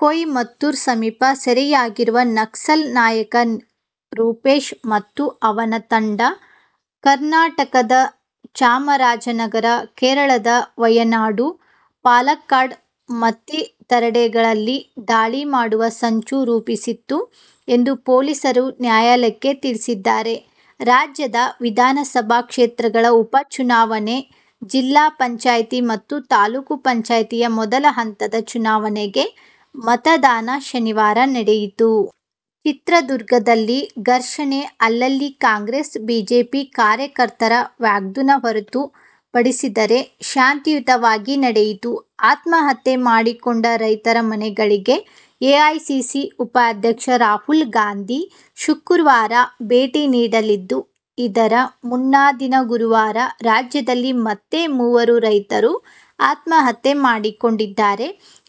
ಕೊಯಮತ್ತೂರು ಸಮೀಪ ಸೆರೆಯಾಗಿರುವ ನಕ್ಸಲ್ ನಾಯಕ ರೂಪೇಶ್ ಮತ್ತು ಅವನ ತಂಡ ಕರ್ನಾಟಕದ ಚಾಮರಾಜನಗರ, ಕೇರಳದ ವಯನಾಡು, ಪಾಲಕ್ಕಾಡ್ ಮತ್ತಿತರೆಡೆಗಳಲ್ಲಿ ದಾಳಿ ಮಾಡುವ ಸಂಚು ರೂಪಿಸಿತ್ತು ಎಂದು ಪೊಲೀಸರು ನ್ಯಾಯಾಲಯಕ್ಕೆ ತಿಳಿಸಿದ್ದಾರೆ. ರಾಜ್ಯದ ವಿಧಾನಸಭಾ ಕ್ಷೇತ್ರಗಳ ಉಪ ಚುನಾವಣೆ, ಜಿಲ್ಲಾಪಂಚಾಯತಿ ಮತ್ತು ತಾಲೂಕು ಪಂಚಾಯತಿಯ ಮೊದಲ ಹಂತದ ಚುನಾವಣೆಗೆ ಮತದಾನ ಶನಿವಾರ ನಡೆಯಿತು. ಚಿತ್ರದುರ್ಗದಲ್ಲಿ ಘರ್ಷಣೆ, ಅಲ್ಲಲ್ಲಿ ಕಾಂಗ್ರೆಸ್ -ಬಿಜೆಪಿ ಕಾರ್ಯಕರ್ತರ ವಾಗ್ಯುದ್ಧ ಹೊರತು ಪಡಿಸಿದರೆ ಶಾಂತಿಯುತವಾಗಿ ನಡೆಯಿತು. ಆತ್ಮಹತ್ಯೆ ಮಾಡಿಕೊಂಡ ರೈತರ ಮನೆಗಳಿಗೆ ಎಐಸಿಸಿ ಉಪಾಧ್ಯಕ್ಷರಾಹುಲ್ ಗಾಂಧಿ ಶುಕ್ರವಾರ ಭೇಟಿ ನೀಡಲಿದ್ದು, ಇದರ ಮುನ್ನಾದಿನ ಗುರುವಾರ ರಾಜ್ಯದಲ್ಲಿ ಮತ್ತೆ ಮೂವರು ರೈತರು ಆತ್ಮಹತ್ಯೆ ಮಾಡಿಕೊಂಡಿದ್ದಾರೆ.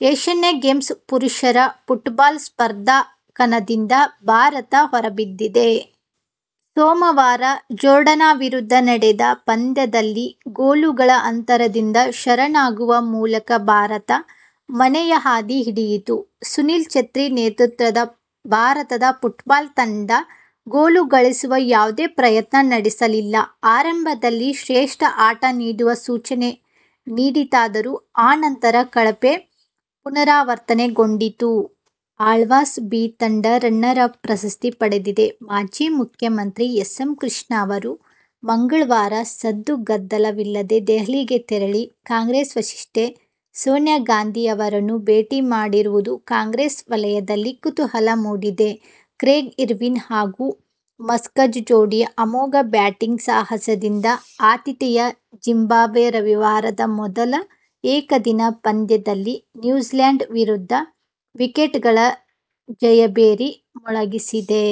ಏಶ್ಯನ್ ಗೇಮ್ಸ್ ಪುರುಷರ ಫುಟ್ಬಾಲ್ ಸ್ಪರ್ಧಾ ಕಣದಿಂದ ಭಾರತ ಹೊರಬಿದ್ದಿದೆ. ಸೋಮವಾರ ಜೋರ್ಡಾನ್ ವಿರುದ್ಧ ನಡೆದ ಪಂದ್ಯದಲ್ಲಿ ಗೋಲುಗಳ ಅಂತರದಿಂದ ಶರಣಾಗುವ ಮೂಲಕ ಭಾರತ ಮನೆಯ ಹಾದಿ ಹಿಡಿಯಿತು. ಸುನೀಲ್ ಚೇತ್ರಿ ನೇತೃತ್ವದ ಭಾರತದ ಫುಟ್ಬಾಲ್ ತಂಡ ಗೋಲು ಗಳಿಸುವ ಯಾವುದೇ ಪ್ರಯತ್ನ ನಡೆಸಲಿಲ್ಲ. ಆರಂಭದಲ್ಲಿ ಶ್ರೇಷ್ಠ ಆಟ ನೀಡುವ ಸೂಚನೆ ನೀಡಿತಾದರೂ ಅನಂತರ ಕಳಪೆ ಪುನರಾವರ್ತನೆಗೊಂಡಿತು. ಆಳ್ವಾಸ್ "ಬಿ' ತಂಡ ರನ್ನರ್ ಅಪ್ ಪ್ರಶಸ್ತಿ ಪಡೆದಿದೆ. ಮಾಜಿ ಮುಖ್ಯಮಂತ್ರಿ ಎಸ್. ಎಂ. ಕೃಷ್ಣ ಅವರು ಮಂಗಳವಾರ ಸದ್ದುಗದ್ದಲವಿಲ್ಲದೆ ದೆಹಲಿಗೆ ತೆರಳಿ ಕಾಂಗ್ರೆಸ್ ವರಿಷ್ಠೆ ಸೋನಿಯಾ ಗಾಂಧಿ ಅವರನ್ನು ಭೇಟಿ ಮಾಡಿರುವುದು ಕಾಂಗ್ರೆಸ್ ವಲಯದಲ್ಲಿ ಕುತೂಹಲ ಮೂಡಿಸಿದೆ. ಕ್ರೆಗ್ ಇರ್ವಿನ್ ಹಾಗೂ ಮಸಕಝ ಜೋಡಿಯ ಅಮೋಘ ಬ್ಯಾಟಿಂಗ್ ಸಾಹಸದಿಂದ ಆತಿಥೇಯ ಜಿಂಬಾಬ್ವೆ ರವಿವಾರದ ಮೊದಲ ಏಕದಿನ ಪಂದ್ಯದಲ್ಲಿ ನ್ಯೂಜಿಲ್ಯಾಂಡ್ ವಿರುದ್ಧ ವಿಕೆಟ್ಗಳ ಜಯಭೇರಿ ಮೊಳಗಿಸಿದೆ.